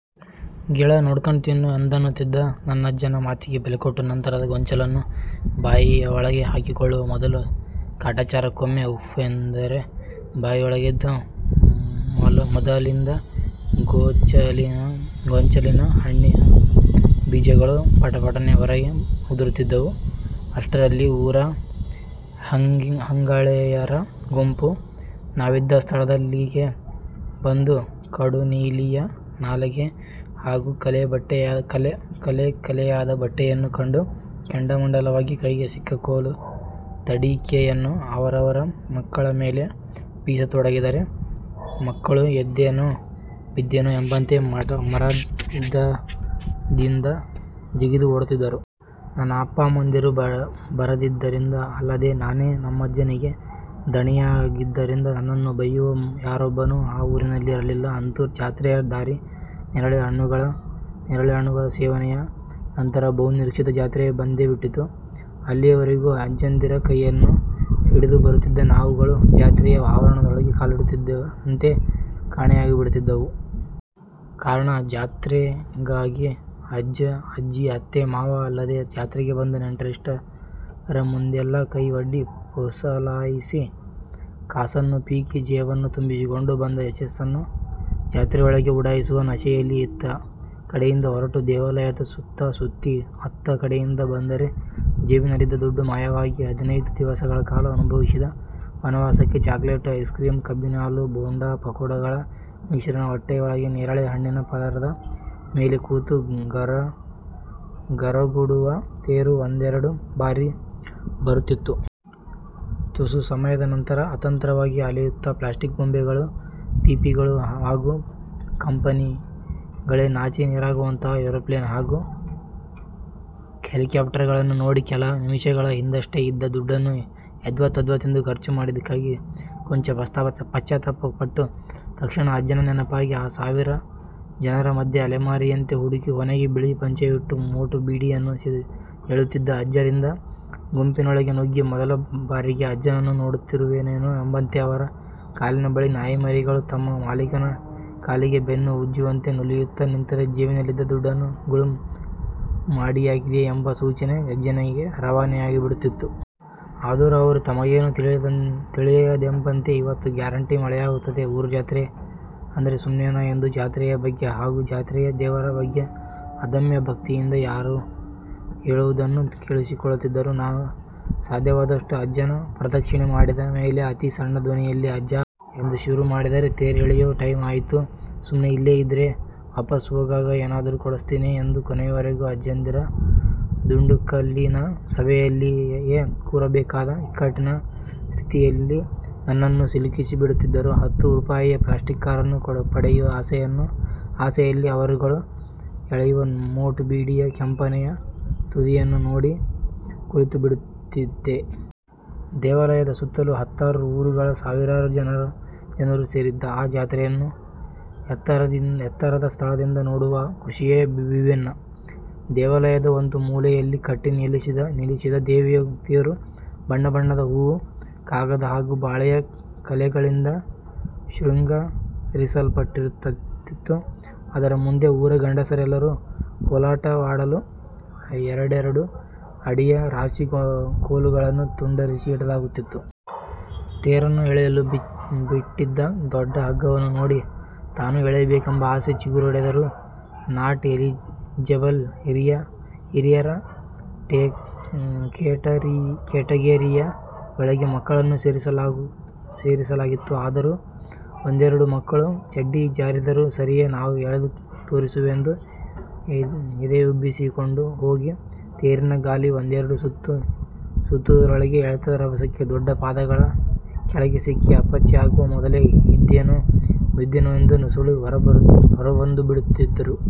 ಗಿಳ ನೋಡ್ಕಂಡ್ ತಿನ್ನು' ಎಂದನ್ನುತಿದ್ದ ನನ್ನಜ್ಜನ ಮಾತಿಗೆ ಬೆಲೆಕೊಟ್ಟು ನಂತರದ ಗೊಂಚಲನ್ನು ಬಾಯಿಯ ಒಳಗೆ ಹಾಕಿಕೊಳ್ಳುವ ಮೊದಲು ಕಾಟಾಚಾರಕ್ಕೊಮ್ಮೆ 'ಊಫ್' ಎಂದರೆ ಬಾಯೊಳಗಿದ್ದ ಮೊದಲಿಂದ ಗೊಂಚಲಿನ ಹಣ್ಣಿನ ಬೀಜಗಳು ಪಟಪಟನೆ ಹೊರಗೆ ಉದುರುತಿದ್ದವು. ಅಷ್ಟರಲ್ಲಿ ಊರ ಹೆಂಗಳೆಯರ ಗುಂಪು ನಾವಿದ್ದ ಸ್ಥಳದಲ್ಲಿಗೆ ಬಂದು ಕಡುನೀಲಿಯ ನಾಲಗೆ ಹಾಗು ಕಲೆ ಕಲೆಯಾದ ಬಟ್ಟೆಯನ್ನು ಕಂಡು ಕೆಂಡಾಮಂಡಲವಾಗಿ ಕೈಗೆ ಸಿಕ್ಕ ಕೋಲು ತಡಿಕೆಯನ್ನು ಅವರವರ ಮಕ್ಕಳ ಮೇಲೆ ಬೀಸತೊಡಗಿದರೆ ಮಕ್ಕಳು ಇದ್ದೆನೋ ಬಿದ್ದೆನೋ ಎಂಬಂತೆ ಮರದದಿಂದ ಜಿಗಿದು ಓಡುತಿದ್ದರು. ನನ್ನ ಅಪ್ಪ ಅಮ್ಮಂದಿರು ಬರದಿದ್ದರಿಂದ, ಅಲ್ಲದೆ ನಾನೇ ನಮ್ಮಜ್ಜನಿಗೆ ದಣಿಯಾಗಿದ್ದರಿಂದ ನನ್ನನ್ನು ಬೈಯುವ ಯಾರೊಬ್ಬನೂ ಆ ಊರಿನಲ್ಲಿ ಇರಲಿಲ್ಲ. ಅಂತೂ ಜಾತ್ರೆಯ ದಾರಿಯ ನೇರಳೆ ಹಣ್ಣುಗಳ ಸೇವನೆಯ ನಂತರ ಬಹು ನಿರೀಕ್ಷಿತ ಜಾತ್ರೆ ಬಂದೇ ಬಿಡುತಿತ್ತು. ಅಲ್ಲಿಯವರೆಗೂ ಅಜ್ಜಂದಿರ ಕೈಯನ್ನು ಹಿಡಿದು ಬರುತಿದ್ದ ನಾವುಗಳು ಜಾತ್ರೆಯ ಆವರಣದೊಳಗೆ ಕಾಲಿಡುತ್ತಿದ್ದಂತೆ ಕಾಣೆಯಾಗಿಬಿಡುತಿದ್ದವು. ಕಾರಣ ಜಾತ್ರೆಗಾಗೇ ಅಜ್ಜ, ಅಜ್ಜಿ, ಅತ್ತೆ ಮಾವ ಅಲ್ಲದೆ ಜಾತ್ರೆಗೆ ಬಂದ ನೆಂಟರಿಷ್ಟರ ಮುಂದೆಲ್ಲ ಕೈ ಒಡ್ಡಿ, ಪುಸಲಾಯಿಸಿ ಕಾಸನ್ನು ಪೀಕಿ, ಜೇಬನ್ನು ತುಂಬಿಸಿಕೊಂಡು ಬಂದ ಯಶಸ್ಸನ್ನು ಜಾತ್ರೆಯೊಳಗೆ ಉಡಾಯಿಸುವ ನಶೆಯಲ್ಲಿ. ಇತ್ತ ಕಡೆಯಿಂದ ಹೊರಟು ದೇವಾಲಯದ ಸುತ್ತ ಸುತ್ತಿ ಅತ್ತ ಕಡೆಯಿಂದ ಬಂದರೆ ಜೇಬಿನಲ್ಲಿದ್ದ ದುಡ್ಡು ಮಾಯವಾಗಿ, ಹದಿನೈದು ದಿವಸಗಳ ಕಾಲ ಅನುಭವಿಸಿದ ವನವಾಸಕ್ಕೆ ಚಾಕಲೇಟು, ಐಸ್ ಕ್ರೀಮ್, ಕಬ್ಬಿನ ಹಾಲು, ಬೋಂಡಾ ಪಕೋಡಗಳ ಮಿಶ್ರಣ ಹೊಟ್ಟೆಯೊಳಗಿನ ನೇರಳೆ ಹಣ್ಣಿನ ಪದರದ ಮೇಲೆ ಕೂತು ಗರಗುಡುವ ತೇಗು ಒಂದೆರೆಡು ಬಾರಿ ಬರುತ್ತಿತ್ತು. ತುಸು ಸಮಯದ ನಂತರ ಅತಂತ್ರವಾಗಿ ಅಲೆಯುತ್ತಾ ಪ್ಲಾಸ್ಟಿಕ್ ಗೊಂಬೆಗಳು, ಪೀಪಿಗಳು ಹಾಗು ಕಂಪನಿಗಳೇ ನಾಚಿ ನೀರಾಗುವಂತ ಏರೋಪ್ಲೇನ್ ಹಾಗು ಹೆಲಿಕ್ಯಾಪ್ಟಾರ್ ಗಳನ್ನು ನೋಡಿ, ಕೆಲ ನಿಮಿಷಗಳ ಹಿಂದಷ್ಟೇ ಇದ್ದ ದುಡ್ಡನ್ನು ಎದ್ವಾ-ತದ್ವಾ ತಿಂದು ಖರ್ಚು ಮಾಡಿದಕ್ಕಾಗಿ ಕೊಂಚ ಪಶ್ಚಾತಾಪ ಪಟ್ಟು, ತಕ್ಷಣ ಅಜ್ಜನ ನೆನಪಾಗಿ, ಆ ಸಾವಿರ ಜನರ ಮದ್ಯೆ ಅಲೆಮಾರಿಯಂತೆ ಹುಡುಕಿ ಕೊನೆಗೆ ಬಿಳಿ ಪಂಚೆಯುಟ್ಟು, ಮೋಟು ಬೀಡಿಯನ್ನು ಎಳೆಯುತಿದ್ದ ಅಜ್ಜಂದಿರ ಗುಂಪಿನೊಳಗೆ ನುಗ್ಗಿ ಮೊದಲ ಬಾರಿಗೆ ಅಜ್ಜನನ್ನು ನೋಡುತ್ತಿರುವೆನೇನೋ ಎಂಬಂತೆ ಅವರ ಕಾಲಿನ ಬಳಿ ನಾಯಿಮರಿಗಳು ತಮ್ಮ ಮಾಲೀಕನ ಕಾಲಿಗೆ ಬೆನ್ನು ಉಜ್ಜುವಂತೆ ನುಲಿಯುತ್ತ ನಿಂತರೆ 'ಜೇಬಿನಲ್ಲಿದ್ದ ದುಡ್ಡನ್ನು ಗುಳುಂ ಮಾಡಿಯಾಗಿದೆ' ಎಂಬ ಸೂಚನೆ ಅಜ್ಜನಿಗೆ ರವಾನೆಯಾಗಿಬಿಡುತ್ತಿತ್ತು. ಆದರೂ ಅವರು ತಮಗೇನು ತಿಳಿಯದೆಂಬಂತೆ 'ಇವತ್ತು ಗ್ಯಾರಂಟಿ ಮಳೆಯಾಗುತ್ತೆ. ಊರ್ ಜಾತ್ರೆ ಅಂದ್ರೆ ಸುಮ್ನೇನಾ' ಎಂದು ಜಾತ್ರೆಯ ಬಗ್ಗೆ ಹಾಗು ಜಾತ್ರೆಯ ದೇವರ ಬಗ್ಗೆ ಅಧಮ್ಯ ಭಕ್ತಿಯಿದ್ದ ಯಾರೋ ಹೇಳುವುದನ್ನು ಕೇಳಿಸಿಕೊಳ್ಳುತ್ತಿದ್ದರು. ನಾನು ಸಾಧ್ಯವಾದಷ್ಟು ಅಜ್ಜನ ಪ್ರದಕ್ಷಿಣೆ ಮಾಡಿದ ಮೇಲೆ ಅತಿ ಸಣ್ಣ ಧ್ವನಿಯಲ್ಲಿ 'ಅಜ್ಜಾ. 'ಎಂದು ಶುರು ಮಾಡಿದರೆ 'ತೇರ್ ಎಳಿಯೋ ಟೈಮ್ ಆಯಿತು. ಸುಮ್ನೆ ಇಲ್ಲೇ ಇದ್ರೆ ವಾಪಾಸ್ ಹೋಗಾಗ ಏನಾದ್ರು ಕೊಡುಸ್ತೀನಿ' ಎಂದು ಕೊನೆಯವರೆಗೂ ಅಜ್ಜಂದಿರ ದುಂಡುಕಲ್ಲಿನ ಸಭೆಯಲ್ಲಿಯೇ ಕೂರಬೇಕಾದ ಇಕ್ಕಟಿನ ಸ್ಥಿತಿಯಲ್ಲಿ ನನ್ನನು ಸಿಲುಕಿಸಿ ಬಿಡುತ್ತಿದ್ದರು. ಹತ್ತು ರೂಪಾಯಿಯ ಪ್ಲಾಸ್ಟಿಕ್ ಕಾರನ್ನು ಪಡೆಯುವ ಆಸೆಯಲ್ಲಿ ಅವರುಗಳು ಎಳೆಯುವ ಮೋಟು ಬೀಡಿಯ ಕೆಂಪನೆಯ ತುದಿಯನ್ನೇ ನೋಡಿ ಕುಳಿತು ಬಿಡುತ್ತಿದ್ದೆ. ದೇವಾಲಯದ ಸುತ್ತಲೂ ಹತ್ತಾರು ಊರುಗಳ ಸಾವಿರಾರು ಜನರು ಸೇರಿದ್ದ ಆ ಜಾತ್ರೆಯನ್ನು ಎತ್ತರದ ಸ್ಥಳದಿಂದ ನೋಡುವ ಖುಷಿಯೇ ವಿಭಿನ್ನ. ದೇವಾಲಯದ ಒಂದು ಮೂಲೆಯಲ್ಲಿ ಕಟ್ಟಿ ನಿಲ್ಲಿಸಿದ್ದ ದೇವಿಯ ತೇರು ಬಣ್ಣ ಬಣ್ಣದ ಹೂವು, ಕಾಗದ ಹಾಗು ಬಾಳೆಯ ಎಲೆಗಳಿಂದ ಶೃಂಗರಿಸಲ್ಪಟ್ಟಿರುತ್ತಿತು. ಅದರ ಮುಂದೆ ಊರ ಗಂಡಸರೆಲ್ಲರು ಕೋಲಾಟವಾಡಲು ಎರೆಡೆರೆಡು ಅಡಿಯ ರಾಶಿ ಕೋಲುಗಳನ್ನು ತುಂಡರಿಸಿ ಇಡಲಾಗಿರುತ್ತಿತು. ತೇರನ್ನು ಎಳೆಯಲು ಬಿಟ್ಟಿದ್ದ ದೊಡ್ಡ ಹಗ್ಗವನ್ನು ನೋಡಿ ತಾನೂ ಎಳೆಯಬೇಕೆಂಬ ಆಸೆ ಚಿಗುರೊಡೆದರೂ, ನಾಟ್-ಎಲಿಜಿಬಲ್ ಹಿರಿಯರ ಕೆಟಗೆರಿಯ ಒಳಗೆ ಮಕ್ಕಳನ್ನೂ ಸೇರಿಸಲಾಗಿತ್ತು. ಆದರೂ ಒಂದೆರೆಡು ಮಕ್ಕಳು ಚಡ್ಡಿ ಜಾರಿದರೂ ಸರಿಯೇ ನಾವು ಎಳೆದು ತೋರಿಸುವೆಂದು ಎದೆಯುಬ್ಬಿಸಿಕೊಂಡು ಹೋಗಿ ತೇರಿನ ಗಾಲಿ ಒಂದೆರೆಡು ಸುತ್ತು ಸುತ್ತುವುದರೊಳಗೆ ಎಳೆತದ ರಭಸಕ್ಕೆ ದೊಡ್ಡ ಪಾದಗಳ ಕೆಳಗೆ ಸಿಕ್ಕಿ ಅಪ್ಪಚ್ಚಿ ಆಗುವ ಮೊದಲೇ ಇದ್ದೆನೋ ಬಿದ್ದೆನೋ ಎಂದು ನುಸುಳಿ ಹೊರಬಂದುಬಿಡುತ್ತಿದ್ದರು.